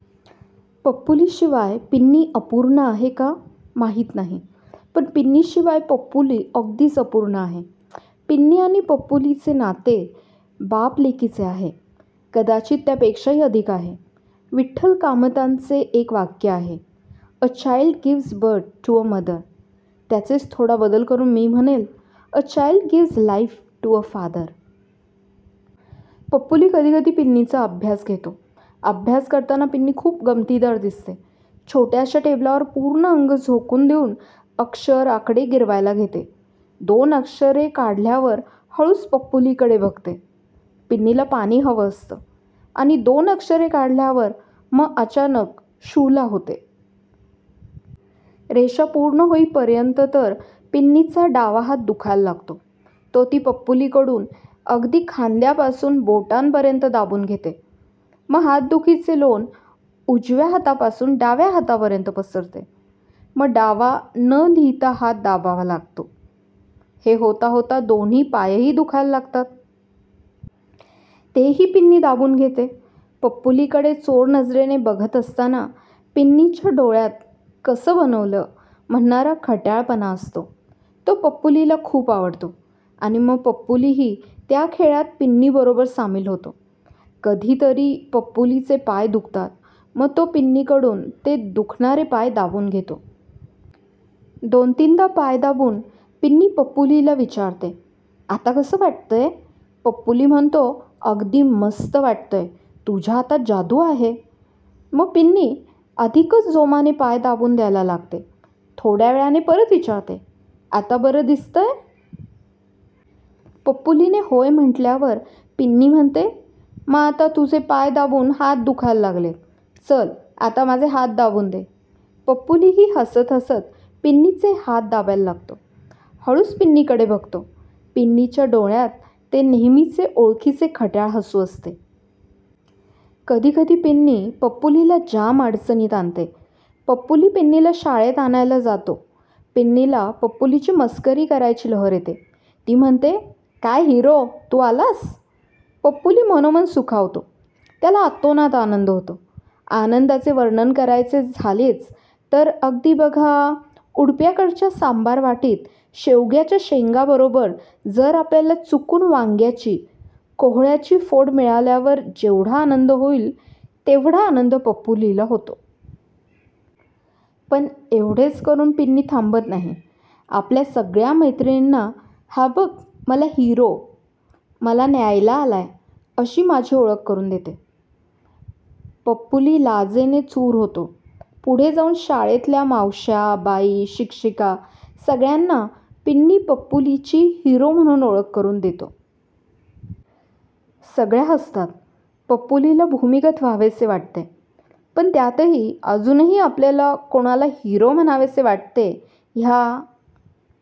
पप्पूलीशिवाय पिन्नी अपूर्ण आहे का माहीत नाही पण पिन्नीशिवाय पप्पूली अगदीच अपूर्ण आहे. पिन्नी आणि पप्पूलीचे नाते बाप-लेकीचे आहे, कदाचित त्यापेक्षाही अधिक आहे. विठ्ठल कामतांचे एक वाक्य आहे, a child gives birth to a mother, त्याचेच थोडा बदल करून मी म्हणेन, a child gives life to a father. Pappuli कधी कधी पिन्नीचा अभ्यास घेतो. अभ्यास करताना पिन्नी खूप गमतीदार दिसते. छोट्याशा टेबलावर पूर्ण अंग झोकून देऊन अक्षर आकडे गिरवायला घेते. दोन अक्षरे काढल्यावर हळूच पप्पूलीकडे बघते. पिन्नीला पाणी हवं असतं. आणि दोन अक्षरे काढल्यावर मग अचानक शू ला होते. रेषा पूर्ण होईपर्यंत तर पिन्नीचा डावा हात दुखायला लागतो. तो ती पप्पूलीकडून अगदी खांद्यापासून बोटांपर्यंत दाबून घेते. मग हातदुखीचे लोण उजव्या हातापासून डाव्या हातापर्यंत पसरते. मग डावा न-लिहिता हात दाबावा लागतो. हे होता होता दोन्ही पायही दुखायला लागतात. तेही पिन्नी दाबून घेते. पप्पूलीकडे चोरनजरेने बघत असताना पिन्नीच्या डोळ्यांत कसं बनवलं? म्हणणारा खट्याळपणा असतो. तो पप्पूलीला खूप आवडतो. आणि मग पप्पूलीही त्या खेळात पिन्नीबरोबर सामील होतो. कधी तरी पप्पूलीचे पाय दुखतात मग तो पिन्नीकडून ते दुखणारे पाय दाबून घेतो. दोन-तीनदा पाय दाबून पिन्नी पप्पूलीला विचारते, आता कसं वाटतंय? पप्पूली म्हणतो, अगदी मस्त वाटतंय, तुझ्या हातात जादू आहे, मग पिन्नी अधिकच जोमाने पाय दाबून द्यायला लागते. थोड्या वेळाने परत विचारते, आता बरं दिसतंय? पप्पूलीने होय म्हटल्यावर पिन्नी म्हणते, मग आता तुझे पाय दाबून हात दुखायला लागलेत, चल आता माझे हात दाबून दे. पप्पूलीही हसत हसत पिन्नीचे हात दाबायला लागतो. हळूच पिन्नीकडे बघतो. पिन्नीच्या डोळ्यांत ते नेहमीचे ओळखीचे खट्याळ हसू असते. कधी कधी पिन्नी पप्पूलीला जाम अडचणीत आणते. पप्पूली पिन्नीला शाळेत आणायला जातो. पिन्नीला पप्पूलीची मस्करी करायची लहर येते. ती म्हणते, काय हिरो, तू आलास? पप्पूली मनोमन सुखावतो, त्याला अतोनात आनंद होतो. आनंदाचे वर्णन करायचे झालेच तर अगदी बघा, उडप्याकडच्या सांबार वाटीत शेवग्याच्या शेंगांबरोबर जर आपल्याला चुकून वांग्याची, कोहोळ्याची फोड मिळाल्यावर जेवढा आनंद होईल तेवढा आनंद पप्पूलीला होतो. पण एवढेच करून पिन्नी थांबत नाही. आपल्या सगळ्या मैत्रिणींना, हा बघ मला हिरो मला न्यायला आलाय अशी माझी ओळख करून देते. पप्पूली लाजेने चूर होतो. पुढे जाऊन शाळेतल्या मावश्या, बाई, शिक्षिका सगळ्यांना पिन्नी पप्पूलीची हिरो म्हणून ओळख करून देतो. सगळ्या हसतात. पप्पूलीला भूमिगत व्हावेसे वाटते. पण त्यातही अजूनही आपल्याला कुणाला हिरो म्हणावेसे वाटते ह्या